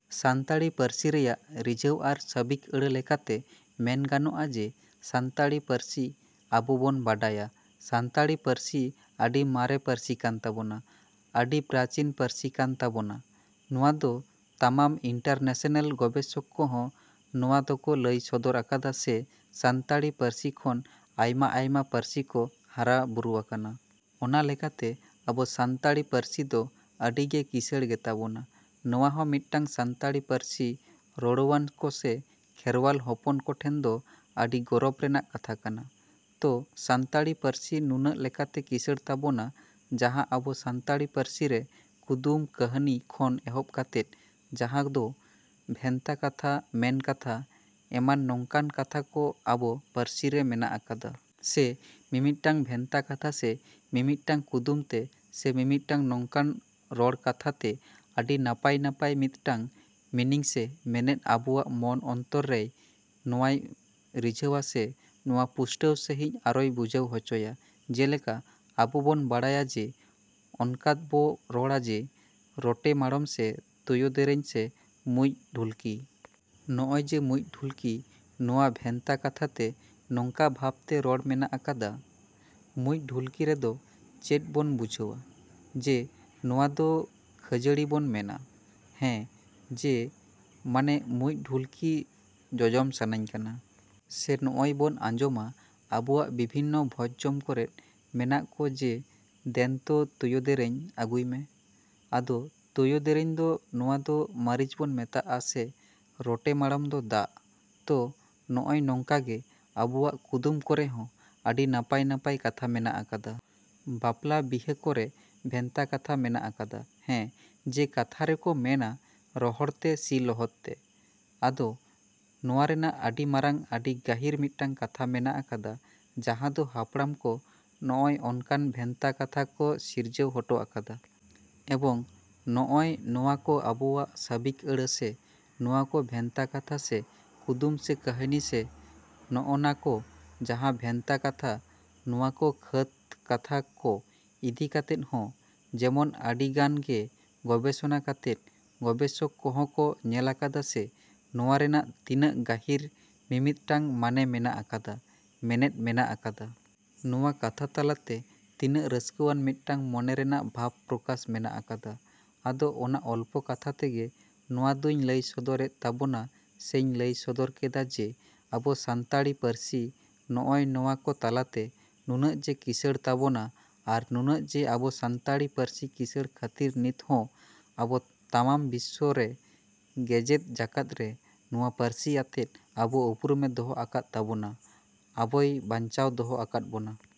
ᱥᱟᱱᱛᱟᱲᱤ ᱯᱟᱹᱨᱥᱤ ᱨᱮᱭᱟᱜ ᱨᱤᱡᱷᱟᱹᱣ ᱟᱨ ᱥᱟᱹᱵᱤᱠ ᱟᱹᱲᱟᱹ ᱞᱮᱠᱟᱛᱮ ᱢᱮᱱ ᱜᱟᱱᱚᱜᱼᱟ ᱡᱮ, ᱥᱟᱱᱛᱟᱲᱤ ᱯᱟᱹᱨᱥᱤ ᱟᱵᱚ ᱵᱚᱱ ᱵᱟᱰᱟᱭᱟ, ᱥᱟᱱᱛᱟᱲᱤ ᱯᱟᱹᱨᱥᱤ ᱫᱚ ᱟᱹᱰᱤ ᱢᱟᱨᱮ ᱯᱟᱹᱨᱥᱤ ᱠᱟᱱ ᱛᱟᱵᱚᱱᱟ, ᱟᱹᱰᱤ ᱯᱨᱟᱪᱤᱱ ᱯᱟᱹᱨᱥᱤ ᱠᱟᱱ ᱛᱟᱵᱚᱱᱟ᱾ ᱱᱚᱣᱟ ᱫᱚ ᱛᱟᱢᱟᱢ ᱤᱱᱴᱟᱨᱱᱮᱥᱱᱮᱞ ᱜᱚᱵᱮᱥᱚᱠ ᱠᱚᱦᱚᱸ ᱱᱚᱣᱟ ᱫᱚᱠᱚ ᱞᱟᱹᱭ ᱥᱚᱫᱚᱨ ᱟᱠᱟᱫᱟ ᱥᱮ ᱥᱟᱱᱛᱟᱲᱤ ᱯᱟᱹᱨᱥᱤ ᱠᱷᱚᱱ ᱟᱭᱢᱟ-ᱟᱭᱢᱟ ᱯᱟᱹᱨᱥᱤ ᱠᱚ ᱦᱟᱨᱟ ᱵᱩᱨᱩᱣᱟᱠᱟᱱᱟ᱾ ᱚᱱᱟ ᱞᱮᱠᱟᱛᱮ ᱟᱵᱚ ᱥᱟᱱᱛᱟᱲᱤ ᱯᱟᱹᱨᱥᱤ ᱫᱚ ᱟᱹᱰᱤ ᱜᱮ ᱠᱤᱥᱟᱹᱬ ᱜᱮᱛᱟ ᱵᱚᱱᱟ᱾ ᱱᱚᱣᱟ ᱦᱚᱸ ᱢᱤᱫᱴᱟᱝ ᱥᱟᱱᱛᱟᱲᱤ ᱯᱟᱹᱨᱥᱤ ᱨᱚᱲᱣᱟᱱ ᱠᱚ ᱥᱮ ᱠᱷᱮᱨᱣᱟᱞ ᱦᱚᱯᱚᱱ ᱠᱚᱴᱷᱮᱱ ᱫᱚ ᱟᱹᱰᱤ ᱜᱚᱨᱚᱵᱽ ᱨᱮᱱᱟᱜ ᱠᱟᱛᱷᱟ ᱠᱟᱱᱟ᱾ ᱛᱚ ᱥᱟᱱᱛᱟᱲᱤ ᱯᱟᱹᱨᱥᱤ ᱱᱩᱱᱟᱹᱜ ᱞᱮᱠᱟᱛᱮ ᱠᱤᱥᱟᱹᱬ ᱛᱟᱵᱚᱱᱟ ᱡᱟᱦᱟᱸ ᱟᱵᱚ ᱥᱟᱱᱛᱟᱲᱤ ᱯᱟᱹᱨᱥᱤ ᱨᱮ ᱠᱩᱫᱩᱢ, ᱠᱟᱹᱦᱟᱹᱱᱤ ᱠᱷᱚᱱ ᱮᱦᱚᱵ ᱠᱟᱛᱮᱫ ᱡᱟᱦᱟᱸ ᱫᱚ ᱵᱷᱮᱱᱛᱟ ᱠᱟᱛᱷᱟ, ᱢᱮᱱ ᱠᱟᱛᱷᱟ, ᱮᱢᱟᱱ ᱱᱚᱝᱠᱟᱱ ᱠᱟᱛᱷᱟ ᱠᱚ ᱟᱵᱚ ᱯᱟᱹᱨᱥᱤ ᱨᱮ ᱢᱮᱱᱟᱜ ᱟᱠᱟᱫᱟ᱾ ᱥᱮ ᱢᱤᱢᱤᱫᱴᱟᱝ ᱵᱷᱮᱱᱛᱟ ᱠᱟᱛᱷᱟ ᱥᱮ ᱢᱤᱢᱤᱫᱴᱟᱝ ᱠᱩᱫᱩᱢ ᱛᱮ ᱥᱮ ᱢᱤᱢᱤᱫᱴᱟᱝ ᱱᱚᱝᱠᱟᱱ ᱨᱚᱲ ᱠᱟᱛᱷᱟ ᱛᱮ ᱟᱹᱰᱤ ᱱᱟᱯᱟᱭ-ᱱᱟᱯᱟᱭ ᱢᱤᱫᱴᱟᱝ ᱢᱤᱱᱤᱝ ᱥᱮ ᱢᱮᱱᱮᱛ ᱟᱵᱚᱣᱟᱜ ᱢᱚᱱ ᱚᱱᱛᱚᱨᱮᱭ ᱱᱚᱣᱟᱭ ᱨᱤᱡᱷᱟᱹᱣᱟᱭ ᱥᱮ ᱱᱚᱣᱟ ᱯᱩᱥᱴᱟᱹᱣ ᱥᱟᱺᱦᱤᱡ ᱟᱨᱚᱭ ᱵᱩᱡᱷᱟᱹᱣ ᱦᱚᱪᱚᱭᱟ᱾ ᱡᱮᱞᱮᱠᱟ ᱟᱵᱚ ᱵᱚᱱ ᱵᱟᱲᱟᱭᱟ ᱡᱮ ᱚᱱᱠᱟ ᱵᱚ ᱨᱚᱲᱟ ᱡᱮ ᱨᱚᱴᱮ ᱢᱟᱬᱚᱢ ᱥᱮ ᱛᱩᱭᱩ ᱫᱮᱨᱮᱧ ᱥᱮ ᱢᱩᱸᱡ ᱰᱷᱩᱞᱠᱤ᱾ ᱱᱚᱜᱼᱚᱭ ᱡᱮ ᱢᱩᱸᱡ ᱰᱷᱩᱞᱠᱤ ᱱᱚᱣᱟ ᱵᱷᱮᱱᱛᱟ ᱠᱟᱛᱷᱟ ᱛᱮ ᱱᱚᱝᱠᱟ ᱵᱷᱟᱵᱽ ᱛᱮ ᱨᱚᱲ ᱢᱮᱱᱟᱜ ᱟᱠᱟᱫᱟ᱾ ᱢᱩᱸᱡ ᱰᱷᱩᱞᱠᱤ ᱨᱮᱫᱚ ᱪᱮᱫ ᱵᱚᱱ ᱵᱩᱡᱷᱟᱹᱣᱟ? ᱡᱮ ᱱᱚᱣᱟ ᱫᱚ ᱠᱷᱟᱹᱡᱟᱹᱲᱤ ᱵᱚᱱ ᱢᱮᱱᱟ᱾ ᱦᱮᱸ ᱡᱮ ᱢᱟᱱᱮ ᱢᱩᱸᱡ ᱰᱷᱩᱞᱠᱤ ᱡᱚᱡᱚᱢ ᱥᱟᱱᱟᱹᱧ ᱠᱟᱱᱟ᱾ ᱥᱮ ᱱᱚᱜᱼᱚᱭ ᱵᱚᱱ ᱟᱡᱚᱢᱟ ᱟᱵᱚᱣᱟᱜ ᱵᱤᱵᱷᱤᱱᱱᱚ ᱵᱷᱚᱡᱽ ᱴᱚᱡᱽ ᱠᱚᱨᱮ ᱢᱮᱱᱟᱜ ᱠᱚ ᱡᱮ ᱫᱮᱱ ᱛᱚ ᱛᱩᱭᱩ ᱫᱮᱨᱮᱧ ᱟᱹᱜᱩᱭ ᱢᱮ᱾ ᱟᱫᱚ ᱛᱩᱭᱩ ᱫᱮᱨᱮᱧ ᱫᱚ ᱱᱚᱣᱟ ᱫᱚ ᱢᱟᱹᱨᱤᱪ ᱵᱚᱱ ᱢᱮᱛᱟᱜᱼᱟ ᱥᱮ ᱨᱚᱴᱮ ᱢᱟᱬᱚᱢ ᱫᱚ ᱫᱟᱜ᱾ ᱛᱚ ᱱᱚᱜᱼᱚᱭ ᱱᱚᱝᱠᱟ ᱜᱮ ᱟᱵᱚᱣᱟᱜ ᱠᱩᱫᱩᱢ ᱠᱚᱨᱮ ᱦᱚᱸ ᱟᱹᱰᱤ ᱱᱟᱯᱟᱭᱼᱱᱟᱯᱟᱭ ᱠᱟᱛᱷᱟ ᱢᱮᱱᱟᱜ ᱟᱠᱟᱫᱟ᱾ ᱵᱟᱯᱞᱟ ᱵᱤᱦᱟᱹ ᱠᱚᱨᱮ ᱵᱷᱮᱱᱛᱟ ᱠᱟᱛᱷᱟ ᱢᱮᱱᱟᱜ ᱟᱠᱟᱫᱟ᱾ ᱦᱮᱸ ᱡᱮ ᱠᱟᱛᱷᱟ ᱨᱮᱠᱚ ᱢᱮᱱᱟ ᱨᱚᱦᱚᱲ ᱛᱮ ᱥᱮ ᱞᱚᱦᱚᱫ ᱛᱮ᱾ ᱟᱫᱚ ᱱᱚᱣᱟ ᱨᱮᱱᱟᱜ ᱟᱹᱰᱤ ᱢᱟᱨᱟᱝ ᱟᱹᱰᱤ ᱜᱟᱹᱦᱤᱨ ᱢᱤᱫᱴᱟᱝ ᱠᱟᱛᱷᱟ ᱢᱮᱱᱟᱜ ᱟᱠᱟᱫᱟ ᱡᱟᱦᱟᱸ ᱫᱚ ᱦᱟᱯᱲᱟᱢ ᱠᱚ ᱱᱚᱜᱼᱚᱭ ᱚᱱᱠᱟᱱ ᱵᱷᱮᱱᱛᱟ ᱠᱟᱛᱷᱟ ᱠᱚ ᱥᱤᱨᱡᱟᱹᱣ ᱦᱚᱴᱚ ᱟᱠᱟᱫᱟ᱾ ᱮᱵᱚᱝ ᱱᱚᱣᱟ ᱱᱚᱜᱼᱚᱭ ᱱᱚᱣᱟ ᱠᱚ ᱟᱵᱚᱣᱟᱜ ᱥᱟᱹᱵᱤᱠ ᱟᱹᱲᱟᱹ ᱥᱮ ᱱᱚᱣᱟ ᱠᱚ ᱵᱷᱮᱱᱛᱟ ᱠᱟᱛᱷᱟ ᱥᱮ ᱠᱩᱫᱩᱢ ᱥᱮ ᱠᱟᱹᱦᱟᱹᱱᱤ ᱥᱮ ᱱᱚᱜᱼᱱᱟ ᱠᱚ ᱡᱟᱦᱟᱸ ᱵᱷᱮᱱᱛᱟ ᱠᱟᱛᱷᱟ ᱱᱚᱣᱟ ᱠᱚ ᱠᱷᱟᱛ ᱠᱟᱛᱷᱟ ᱠᱚ ᱤᱫᱤ ᱠᱟᱛᱮ ᱦᱚᱸ ᱡᱮᱱᱚᱢ ᱟᱹᱰᱤ ᱜᱟᱱ ᱜᱮ ᱜᱚᱵᱮᱥᱚᱱᱟ ᱠᱟᱛᱮ ᱜᱚᱵᱮᱥᱚᱠ ᱠᱚᱦᱚᱸ ᱠᱚ ᱧᱮᱞ ᱟᱠᱟᱫᱟ ᱥᱮ ᱱᱚᱣᱟ ᱨᱮᱱᱟᱜ ᱛᱤᱱᱟᱹᱜ ᱜᱟᱹᱦᱤᱨ ᱢᱤᱢᱤᱫᱴᱟᱝ ᱢᱟᱱᱮ ᱢᱮᱱᱟᱜ ᱟᱠᱟᱫᱟ, ᱢᱮᱱᱮᱛ ᱢᱮᱱᱟᱜ ᱟᱠᱟᱫᱟ᱾ ᱱᱚᱣᱟ ᱠᱟᱛᱷᱟ ᱛᱟᱞᱟᱛᱮ ᱛᱤᱱᱟᱹᱜ ᱨᱟᱹᱥᱠᱟᱹᱣᱟᱱ ᱢᱤᱫᱴᱟᱝ ᱢᱚᱱᱮ ᱨᱮᱱᱟᱜ ᱵᱷᱟᱵᱽ ᱯᱨᱚᱠᱟᱥ ᱢᱮᱱᱟᱜ ᱟᱠᱟᱫᱟ᱾ ᱟᱫᱚ ᱚᱱᱟ ᱚᱞᱯᱚ ᱠᱟᱛᱷᱟ ᱛᱮᱜᱮ ᱱᱚᱣᱟ ᱫᱚᱹᱧ ᱞᱟᱹᱭ ᱥᱚᱫᱚᱨᱮᱫ ᱛᱟᱵᱚᱱᱟ ᱥᱮᱧ ᱞᱟᱹᱭ ᱥᱚᱫᱚᱨ ᱠᱮᱫᱟ ᱡᱮ ᱟᱵᱚ ᱥᱟᱱᱛᱟᱲᱤ ᱯᱟᱹᱨᱥᱤ ᱱᱚᱜᱼᱚᱭ ᱱᱚᱣᱟ ᱠᱚ ᱛᱟᱞᱟᱛᱮ ᱱᱩᱱᱟᱹᱜ ᱡᱮ ᱠᱤᱥᱟᱹᱬ ᱛᱟᱵᱚᱱᱟ ᱟᱨ ᱱᱩᱱᱟᱹᱜ ᱡᱮ ᱟᱵᱚ ᱥᱟᱱᱛᱟᱲᱤ ᱯᱟᱹᱨᱥᱤ ᱠᱤᱥᱟᱹᱲ ᱠᱷᱟᱹᱛᱤᱨ ᱱᱤᱛᱦᱚᱸ ᱟᱵᱚ ᱛᱟᱢᱟᱢ ᱵᱤᱥᱥᱚ ᱨᱮ ᱜᱮᱡᱮᱛ ᱡᱟᱠᱟᱛ ᱨᱮ ᱱᱚᱣᱟ ᱯᱟᱹᱨᱥᱤ ᱟᱛᱮᱫ ᱟᱵᱚ ᱩᱯᱨᱩᱢᱮ ᱫᱚᱦᱚ ᱟᱠᱟᱫ ᱛᱟᱵᱚᱱᱟ, ᱟᱵᱚᱭ ᱵᱟᱧᱪᱟᱣ ᱫᱚᱦᱚ ᱟᱠᱟᱫ ᱵᱚᱱᱟ᱾।